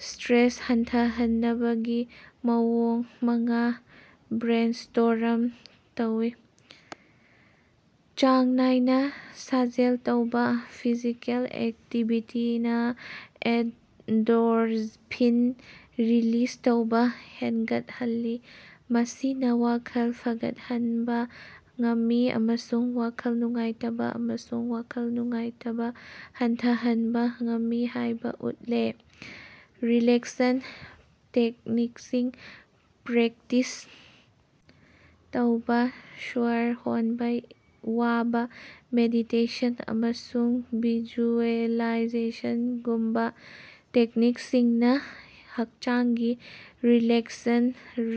Stress ꯍꯟꯊꯍꯟꯅꯕꯒꯤ ꯃꯑꯣꯡ ꯃꯉꯥ ꯕ꯭ꯔꯦꯟꯁ꯭ꯇꯣꯔꯝ ꯇꯧ꯫ ꯆꯥꯡ ꯅꯥꯏꯅ ꯁꯥꯖꯦꯜ ꯇꯧꯕꯥ: ꯐꯤꯖꯤꯀꯦꯜ ꯑꯦꯛꯇꯤꯚꯤꯇꯤꯅꯥ ꯑꯦꯟꯗꯣꯔꯐꯤꯟ ꯔꯤꯂꯤꯖ ꯇꯧꯕ ꯍꯦꯟꯒꯠꯍꯜꯂꯤ, ꯃꯁꯤꯅ ꯋꯥꯈꯜ ꯐꯒꯠꯍꯟꯕ ꯉꯝꯃꯤ ꯑꯃꯁꯨꯡ ꯋꯥꯈꯜ ꯅꯨꯡꯉꯥꯏꯇꯕ ꯑꯃꯁꯨꯡ ꯋꯥꯈꯜ ꯅꯨꯡꯉꯥꯏꯇꯕ ꯍꯟꯊꯍꯟꯕ ꯉꯝꯃꯤ ꯍꯥꯏꯕ ꯎꯠꯂꯦ꯫ ꯔꯤꯂꯦꯛꯁꯟ ꯇꯦꯛꯅꯤꯛꯁꯤꯡ ꯄ꯭ꯔꯦꯛꯇꯤꯁ ꯇꯧꯕꯥ: ꯁ꯭ꯋꯔ ꯍꯣꯟꯕ ꯋꯥꯕ, ꯃꯦꯗꯤꯇꯦꯁꯟ, ꯑꯃꯁꯨꯡ ꯚꯤꯖꯨꯑꯦꯂꯥꯏꯖꯦꯁꯟꯒꯨꯝꯕ ꯇꯦꯛꯅꯤꯛꯁꯤꯡꯅ ꯍꯛꯆꯥꯡꯒꯤ ꯔꯤꯂꯦꯛꯁꯟ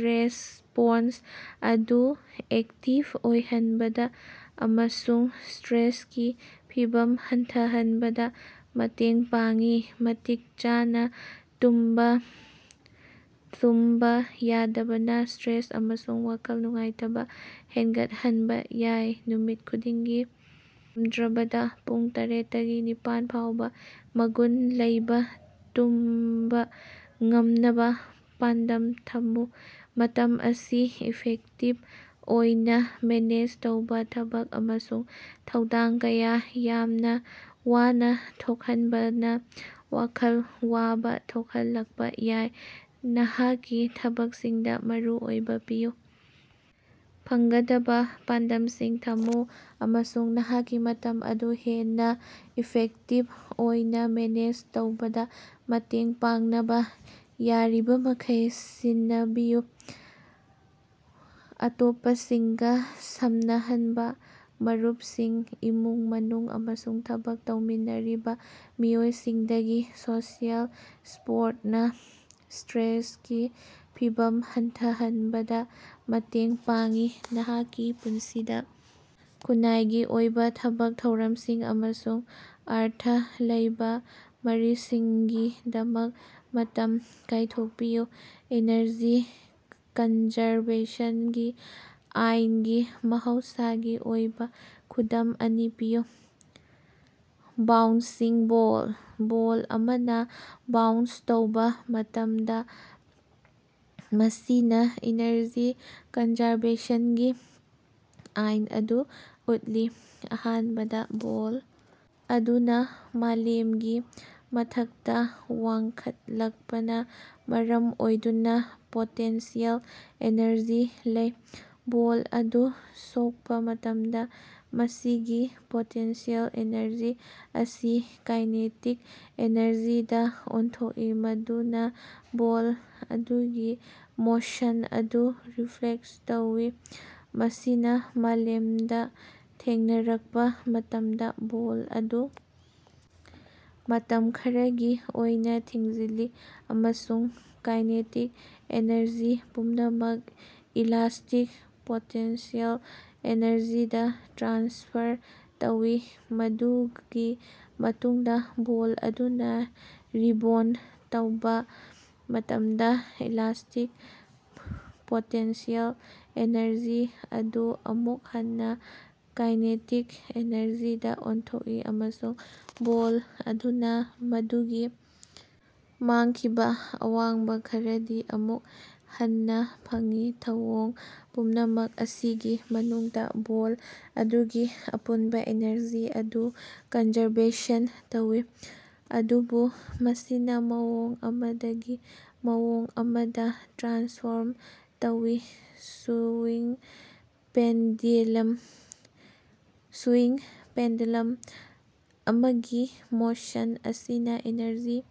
ꯔꯦꯁ꯭ꯄꯣꯟꯁ ꯑꯗꯨ ꯑꯦꯛꯇꯤꯚ ꯑꯣꯏꯍꯟꯕꯗ ꯑꯃꯁꯨꯡ ꯁ꯭ꯇꯔꯦꯁꯀꯤ ꯐꯤꯚꯝ ꯍꯟꯊꯍꯟꯕꯗ ꯃꯇꯦꯡ ꯄꯥꯡꯏ꯫ ꯃꯇꯤꯛ ꯆꯥꯅ ꯇꯨꯝꯕꯥ: ꯇꯨꯝꯕ ꯌꯥꯗꯕꯅ ꯁ꯭ꯇꯔꯦꯁ ꯑꯃꯁꯨꯡ ꯋꯥꯈꯜ ꯅꯨꯡꯉꯥꯏꯇꯕ ꯍꯦꯟꯒꯠꯍꯟꯕ ꯌꯥꯏ꯫ ꯅꯨꯃꯤꯠ ꯈꯨꯗꯤꯡꯒꯤ ꯌꯥꯝꯗ꯭ꯔꯕꯗ ꯄꯨꯡ ꯇꯔ‌ꯦꯠꯇꯒꯤ ꯅꯤꯄꯥꯟ ꯐꯥꯎꯕ ꯃꯒꯨꯟ ꯂꯩꯕ ꯇꯨꯝꯕ ꯉꯝꯅꯕ ꯄꯥꯟꯗꯝ ꯊꯝꯃꯨ꯫ ꯃꯇꯝ ꯑꯁꯤ ꯏꯐꯦꯛꯇꯤꯕ ꯑꯣꯏꯅ ꯃꯦꯅꯦꯖ ꯇꯧꯕꯥ: ꯊꯕꯛ ꯑꯃꯁꯨꯡ ꯊꯧꯗꯥꯡ ꯀꯌꯥ ꯌꯥꯝꯅ ꯋꯥꯅ ꯊꯣꯛꯍꯟꯕꯅ ꯋꯥꯈꯜ ꯋꯥꯕ ꯊꯣꯛꯍꯜꯂꯛꯄꯥ ꯌꯥꯏ꯫ ꯅꯍꯥꯛꯀꯤ ꯊꯕꯛꯁꯤꯡꯗ ꯃꯔꯨ ꯑꯣꯏꯕ ꯄꯤꯌꯨ, ꯐꯪꯒꯗꯕ ꯄꯥꯟꯗꯝꯁꯤꯡ ꯊꯝꯃꯨ ꯑꯃꯁꯨꯡ ꯅꯍꯥꯛꯀꯤ ꯃꯇꯝ ꯑꯗꯨ ꯍꯦꯟꯅ ꯏꯐꯦꯛꯇꯤꯕ ꯑꯣꯏꯅ ꯃꯦꯅꯦꯖ ꯇꯧꯕꯗ ꯃꯇꯦꯡ ꯄꯥꯡꯅꯕ ꯌꯥꯔꯤꯕꯃꯈꯩ ꯁꯤꯟꯅꯕꯤꯌꯨ꯫ ꯑꯇꯣꯞꯄꯁꯤꯡꯒ ꯁꯝꯅꯍꯟꯕꯥ: ꯃꯔꯨꯞꯁꯤꯡ, ꯏꯃꯨꯡ-ꯃꯅꯨꯡ ꯑꯃꯁꯨꯡ ꯊꯕꯛ ꯇꯧꯃꯤꯟꯅꯔꯤꯕ ꯃꯤꯑꯣꯏꯁꯤꯡꯗꯒꯤ ꯁꯣꯁꯤꯑꯦꯜ ꯁꯄꯣꯔꯠꯅꯥ ꯁ꯭ꯇꯔꯦꯁꯀꯤ ꯐꯤꯚꯝ ꯍꯟꯊꯍꯟꯕꯗ ꯃꯇꯦꯡ ꯄꯥꯡꯏ꯫ ꯅꯍꯥꯛꯀꯤ ꯄꯨꯟꯁꯤꯗ ꯈꯨꯟꯅꯥꯏꯒꯤ ꯑꯣꯏꯕ ꯊꯕꯛ ꯊꯧꯔꯝꯁꯤꯡ ꯑꯃꯁꯨꯡ ꯑꯔꯊ ꯂꯩꯕꯥ ꯃꯔꯤꯁꯤꯡꯒꯤꯗꯃꯛ ꯃꯇꯝ ꯀꯥꯏꯊꯣꯛꯄꯤꯌꯨ꯫ ꯏꯅꯔꯖꯤ ꯀꯟꯖꯔꯕꯦꯁꯟꯒꯤ ꯑꯥꯏꯟꯒꯤ ꯃꯍꯧꯁꯥꯒꯤ ꯑꯣꯏꯕ ꯈꯨꯗꯝ ꯑꯅꯤ ꯄꯤꯌꯨ꯫ ꯕꯥꯎꯟꯁꯤꯡ ꯕ‌ꯣꯜ: ꯕꯣꯜ ꯑꯃꯅ ꯕꯥꯎꯟꯁ ꯇꯧꯕ ꯃꯇꯝꯗ, ꯃꯁꯤꯅ ꯏꯅꯔꯖꯤ ꯀꯟꯖꯥꯔꯕꯦꯁꯟꯒꯤ ꯑꯥꯏꯟ ꯑꯗꯨ ꯎꯠꯂꯤ꯫ ꯑꯍꯥꯟꯕꯗ, ꯕꯣꯜ ꯑꯗꯨꯅ ꯃꯥꯂꯦꯝꯒꯤ ꯃꯊꯛꯇ ꯋꯥꯡꯈꯠꯂꯛꯄꯅ ꯃꯔꯝ ꯑꯣꯏꯗꯨꯅ ꯄꯣꯇꯦꯟꯁꯤꯑꯦꯜ ꯑꯦꯅꯔꯖꯤ ꯂꯩ꯫ ꯕꯣꯜ ꯑꯗꯨ ꯁꯣꯛꯄꯥ ꯃꯇꯝꯗ, ꯃꯁꯤꯒꯤ ꯄꯣꯇꯦꯟꯁꯤꯑꯦꯜ ꯑꯦꯅꯔꯖꯤ ꯑꯁꯤ ꯀꯥꯏꯅꯦꯇꯤꯛ ꯑꯦꯅꯔꯖꯤꯗ ꯑꯣꯟꯊꯣꯛꯏ, ꯃꯗꯨꯅ ꯕꯣꯜ ꯑꯗꯨꯒꯤ ꯃꯣꯁꯟ ꯑꯗꯨ ꯔꯤꯐ꯭ꯂꯦꯛ ꯇꯧꯏ꯫ ꯃꯁꯤꯅꯥ ꯃꯥꯂꯦꯝꯗ ꯊꯦꯡꯅꯔꯛꯄ ꯃꯇꯝꯗꯥ, ꯕꯣꯜ ꯑꯗꯨ ꯃꯇꯝ ꯈꯔꯒꯤ ꯑꯣꯏꯅꯥ ꯊꯤꯡꯖꯤꯜꯂꯤ, ꯑꯃꯁꯨꯡ ꯀꯥꯏꯅꯦꯇꯤꯛ ꯑꯦꯅꯔꯖꯤ ꯄꯨꯝꯅꯃꯛ ꯏꯂꯥꯁ꯭ꯇꯤꯛ ꯄꯣꯇꯦꯟꯁꯤꯑꯦꯜ ꯑꯦꯅꯔꯖꯤꯗ ꯇ꯭ꯔꯥꯟꯁꯐꯔ ꯇꯧꯏ꯫ ꯃꯗꯨꯒꯤ ꯃꯇꯨꯡꯗꯥ, ꯕꯣꯜ ꯑꯗꯨꯅ ꯔꯤꯕꯣꯟꯗ ꯇꯧꯕ ꯃꯇꯝꯗ, ꯏꯂꯥꯁ꯭ꯇꯤꯛ ꯄꯣꯇꯦꯟꯁꯤꯑꯦꯜ ꯑꯦꯅꯔꯖꯤ ꯑꯗꯨ ꯑꯃꯨꯛ ꯍꯟꯅ ꯀꯥꯏꯅꯦꯇꯤꯛ ꯑꯦꯅꯔꯖꯤꯗ ꯑꯣꯟꯊꯣꯛꯏ, ꯑꯃꯁꯨꯡ ꯕꯣꯜ ꯑꯗꯨꯅ ꯃꯗꯨꯒꯤ ꯃꯥꯡꯈꯤꯕ ꯑꯋꯥꯡꯕ ꯈꯔꯗꯤ ꯑꯃꯨꯛ ꯍꯟꯅꯥ ꯐꯪꯏ꯫ ꯊꯧꯑꯣꯡ ꯄꯨꯝꯅꯃꯛ ꯑꯁꯤꯒꯤ ꯃꯅꯨꯡꯗꯥ, ꯕꯣꯜ ꯑꯗꯨꯒꯤ ꯑꯄꯨꯟꯕ ꯑꯦꯅꯔꯖꯤ ꯑꯗꯨ ꯀꯟꯖꯔꯕꯦꯁꯟ ꯇꯧꯏ, ꯑꯗꯨꯕꯨ ꯃꯁꯤꯅ ꯃꯑꯣꯡ ꯑꯃꯗꯒꯤ ꯃꯑꯣꯡ ꯑꯃꯗ ꯇ꯭ꯔꯥꯟꯁꯐꯣꯔꯝ ꯇꯧꯏ꯫ ꯁꯨꯋꯤꯡ ꯄꯦꯟꯗꯦꯂꯝ: ꯁꯨꯋꯤꯡ ꯄꯦꯟꯗ‌ꯦꯂꯝ ꯑꯃꯒꯤ ꯃꯣꯁꯟ ꯑꯁꯤꯅ ꯏꯅꯔꯖꯤ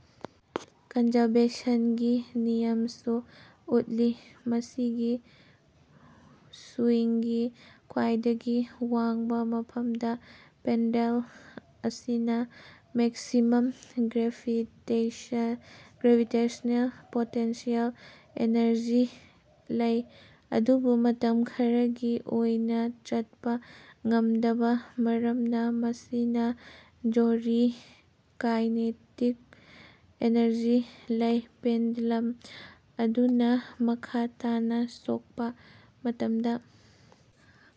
ꯀꯟꯖꯔꯕꯦꯁꯟꯒꯤ ꯅꯤꯌꯝꯁꯨ ꯎꯠꯂꯤ꯫ ꯃꯁꯤꯒꯤ ꯁꯨꯋꯤꯡꯒꯤ ꯈ꯭ꯋꯥꯏꯗꯒꯤ ꯋꯥꯡꯕ ꯃꯐꯝꯗ, ꯄꯦꯟꯗꯦꯜ ꯑꯁꯤꯅ ꯃꯦꯛꯁꯤꯃꯝ ꯒ꯭ꯔꯦꯚꯤꯇꯦꯁꯅꯦꯜ ꯄꯣꯇꯦꯟꯁꯤꯑꯦꯜ ꯑꯦꯅꯔꯖꯤ ꯂꯩ, ꯑꯗꯨꯕꯨ ꯃꯇꯝ ꯈꯔꯒꯤ ꯑꯣꯏꯅ ꯆꯠꯄ ꯉꯝꯗꯕꯥ ꯃꯔꯝꯅ ꯃꯁꯤꯅꯥ ꯖꯤꯔꯣ ꯀꯥꯏꯅꯦꯇꯤꯛ ꯑꯦꯅꯔꯖꯤ ꯂꯩ꯫ ꯄꯦꯟꯗꯦꯂꯝ ꯑꯗꯨꯅ ꯃꯈꯥ ꯇꯥꯅ ꯁꯣꯛꯄꯥ ꯃꯇꯝꯗ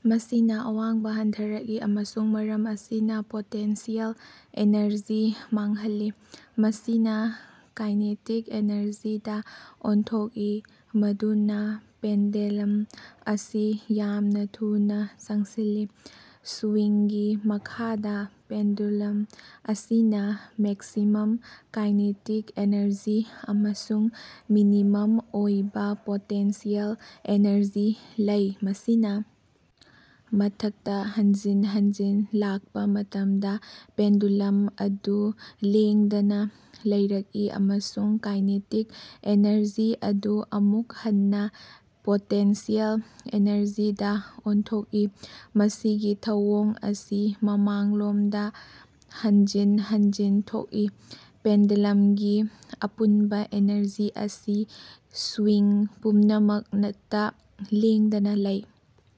ꯃꯁꯤꯅ ꯑꯋꯥꯡꯕ ꯍꯟꯊꯔꯛꯏ ꯑꯃꯁꯨꯡ ꯃꯔꯝ ꯑꯁꯤꯅ ꯄꯣꯇꯦꯟꯁꯤꯑꯦꯜ ꯑꯦꯅꯔꯖꯤ ꯃꯥꯡꯍꯜꯂꯤ꯫ ꯃꯁꯤꯅꯥ ꯀꯥꯏꯅꯦꯇꯤꯛ ꯑꯦꯅꯔꯖꯤꯗꯥ ꯑꯣꯟꯊꯣꯛꯏ, ꯃꯗꯨꯅ ꯄꯦꯟꯗꯦꯂꯝ ꯑꯁꯤ ꯌꯥꯝꯅ ꯊꯨꯅꯥ ꯆꯪꯁꯤꯜꯂꯤ꯫ ꯁꯨꯋꯤꯡꯒꯤ ꯃꯈꯥꯗ, ꯄꯦꯟꯗꯨꯂꯝ ꯑꯁꯤꯅ ꯃꯦꯛꯁꯤꯃꯝ ꯀꯥꯏꯅꯦꯇꯤꯛ ꯑꯦꯅꯔꯖꯤ ꯑꯃꯁꯨꯡ ꯃꯤꯅꯤꯃꯝ ꯑꯣꯏꯕ ꯄꯣꯇꯦꯟꯁꯤꯑꯦꯜ ꯑꯦꯅꯔꯖꯤ ꯂꯩ꯫ ꯃꯁꯤꯅ ꯃꯊꯛꯇꯥ ꯍꯟꯖꯤꯟ ꯍꯟꯖꯤꯟ ꯂꯥꯛꯄꯥ ꯃꯇꯝꯗꯥ, ꯄꯦꯟꯗꯨꯂꯝ ꯑꯗꯨ ꯂꯦꯡꯗꯅꯥ ꯂꯩꯔꯛꯏ, ꯑꯃꯁꯨꯡ ꯀꯥꯏꯅꯦꯇꯤꯛ ꯑꯦꯅꯔꯖꯤ ꯑꯗꯨ ꯑꯃꯨꯛ ꯍꯟꯅꯥ ꯄꯣꯇꯦꯟꯁꯤꯑꯦꯜ ꯑꯦꯅꯔꯖꯤꯗꯥ ꯑꯣꯟꯊꯣꯛꯏ꯫ ꯃꯁꯤꯒꯤ ꯊꯧꯑꯣꯡ ꯑꯁꯤ ꯃꯃꯥꯡꯂꯣꯝꯗꯥ ꯍꯟꯖꯤꯟ ꯍꯟꯖꯤꯟ ꯊꯣꯛꯏ, ꯄꯦꯟꯗꯦꯂꯝꯒꯤ ꯑꯄꯨꯟꯕꯥ ꯑꯦꯅꯔꯖꯤ ꯑꯁꯤ ꯁꯨꯋꯤꯡ ꯄꯨꯝꯅꯃꯛꯇ ꯂꯦꯡꯗꯅ ꯂꯩ꯫